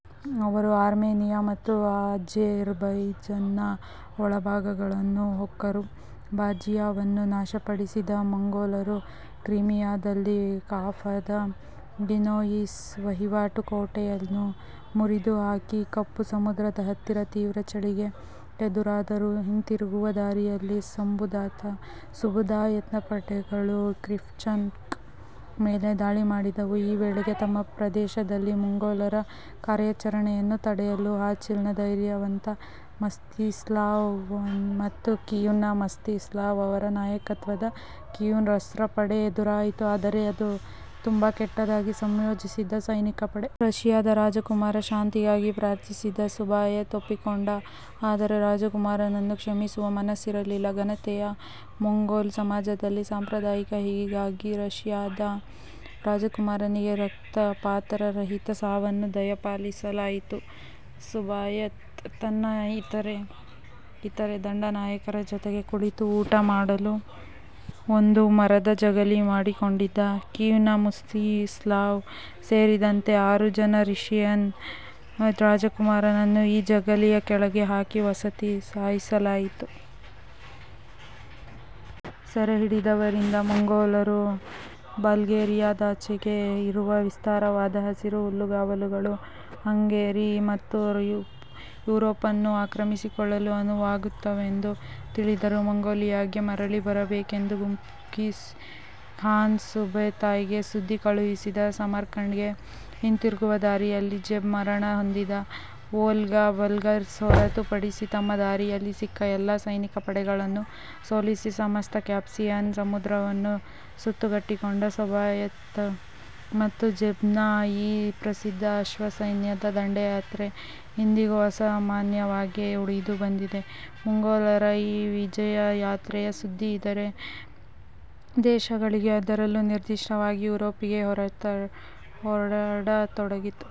ಅವರು ಆರ್ಮೇನಿಯಾ ಮತ್ತು ಅಝೆರ್ಬೈಜಾನ್ನ ಒಳಭಾಗಗಳನ್ನು ಹೊಕ್ಕರು. ಜಾರ್ಜಿಯಾವನ್ನು ನಾಶಪಡಿಸಿದ ಮಂಗೋಲರು ಕ್ರಿಮಿಯಾದಲ್ಲಿ ಕಾಫಾದ ಗಿನೋಯಿಸ್ ವಹಿವಾಟು ಕೋಟೆಯನ್ನು ಮುರಿದು ಹಾಕಿ ಕಪ್ಪು ಸಮುದ್ರದ ಹತ್ತಿರ ತೀವ್ರ ಚಳಿಗೆ ಎದುರಾದರು. ಹಿಂತಿರುಗುವ ದಾರಿಯಲ್ಲಿ ಸುಬುತಾಯ್ನ ಪಡೆಗಳು ಕಿಪ್ಚಕ್ ಮೇಲೆ ದಾಳಿ ಮಾಡಿದವು, ಈ ವೇಳೆಗೆ ತಮ್ಮ ಪ್ರದೇಶದಲ್ಲಿ ಮಂಗೋಲರ ಕಾರ್ಯಾಚರಣೆಯನ್ನು ತಡೆಯಲು ಹಾಲಿಚ್ನ ಧೈರ್ಯವಂತ ಮಸ್ತಿಸ್ಲಾವ್ ಮತ್ತು ಕೀವ್ನ ಮಸ್ತಿಸ್ಲಾವ್ ಇವರ ನಾಯಕತ್ವದ ಕೀವನ್ ರಸ್ರ ಪಡೆ ಎದುರಾಯಿತು, ಆದರೆ ಅದು ತುಂಬಾ ಕೆಟ್ಟದಾಗಿ ಸಂಯೋಜಿಸಿದ್ದ ಸೈನಿಕ ಪಡೆ. ರಷಿಯಾದ ರಾಜಕುಮಾರ ಶಾಂತಿಗಾಗಿ ಪ್ರಾರ್ಥಿಸಿದ. ಸುಬುತಾಯ್ ಒಪ್ಪಿಕೊಂಡ ಆದರೆ ರಾಜಕುಮಾರನನ್ನು ಕ್ಷಮಿಸುವ ಮನಸ್ಸಿರಲಿಲ್ಲ. ಘನತೆಯ ಮಂಗೋಲ್ ಸಮಾಜದಲ್ಲಿ ಸಾಂಪ್ರದಾಯಿಕ, ಹೀಗಾಗಿ ರಷಿಯಾದ ರಾಜಕುಮಾರನಿಗೆ ರಕ್ತಪಾತರಹಿತ ಸಾವನ್ನು ದಯಪಾಲಿಸಲಾಯಿತು. ಸುಬುತಾಯ್ ತನ್ನ ಇತರೆ ದಂಡನಾಯಕರ ಜೊತೆ ಕುಳಿತು ಊಟ ಮಾಡಲು ಒಂದು ಮರದ ಜಗಲಿ ಮಾಡಿಕೊಂಡಿದ್ದ. ಕೀವ್ನ ಮಸ್ತಿಸ್ಲಾವ್ ಸೇರಿದಂತೆ ಆರು ಜನ ರಷಿಯನ್ ರಾಜಕುಮಾರರನ್ನು ಈ ಜಗಲಿಯ ಕೆಳಗೆ ಹಾಕಿ ಒಸಕಿ ಸಾಯಿಸಲಾಯಿತು. ಸೆರೆಹಿಡಿದವರಿಂದ ಮಂಗೋಲರು ಬಲ್ಗೇರಿಯಾದಾಚೆಗೆ ಇರುವ ವಿಸ್ತಾರವಾದ ಹಸಿರು ಹುಲ್ಲುಗಾವಲುಗಳು ಹಂಗೇರಿ ಮತ್ತು ಯೂರೋಪನ್ನು ಆಕ್ರಮಿಸಿಕೊಳ್ಳಲು ಅನುವಾಗುತ್ತವೆಂದು ತಿಳಿದರು. ಮಂಗೋಲಿಯಾಗೆ ಮರಳಿ ಬರಬೇಕೆಂದು ಗೆಂಘಿಸ್ ಖಾನ್ ಸುಬುತಾಯ್ಗೆ ಸುದ್ದಿ ಕಳುಹಿಸಿದ, ಸಮರ್ಕಂಡ್ಗೆ ಹಿಂತಿರುಗುವ ದಾರಿಯಲ್ಲಿ ಜೆಬ್ ಮರಣ ಹೊಂದಿದ. ವೊಲ್ಗಾ ಬಲ್ಗರ್ಸ್ ಹೊರತು ಪಡಿಸಿ ತಮ್ಮ ದಾರಿಯಲ್ಲಿ ಸಿಕ್ಕ ಎಲ್ಲಾ ಸೈನಿಕಪಡೆಗಳನ್ನು ಸೋಲಿಸಿ ಸಮಸ್ತ ಕ್ಯಾಸ್ಪಿಯನ್ ಸಮುದ್ರವನ್ನು ಸುತ್ತುಗಟ್ಟಿಕೊಂಡ ಸುಬುತಾಯ್ ಮತ್ತು ಜೆಬ್ನ ಈ ಪ್ರಸಿದ್ಧ ಅಶ್ವಸೈನ್ಯದ ದಂಡಯಾತ್ರೆ ಇಂದಿಗೂ ಅಸಾಮಾನ್ಯವಾಗೇ ಉಳಿದು ಬಂದಿದೆ, ಮಂಗೋಲರ ಈ ವಿಜಯ ಯಾತ್ರೆಯ ಸುದ್ಧಿ ಇದರೆ ದೇಶಗಳಿಗೆ ಅದರಲ್ಲೂ ನಿರ್ಧಿಷ್ಟವಾಗಿ ಯೂರೋಪಿಗೆ ಹರಡತೊಡಗಿತು..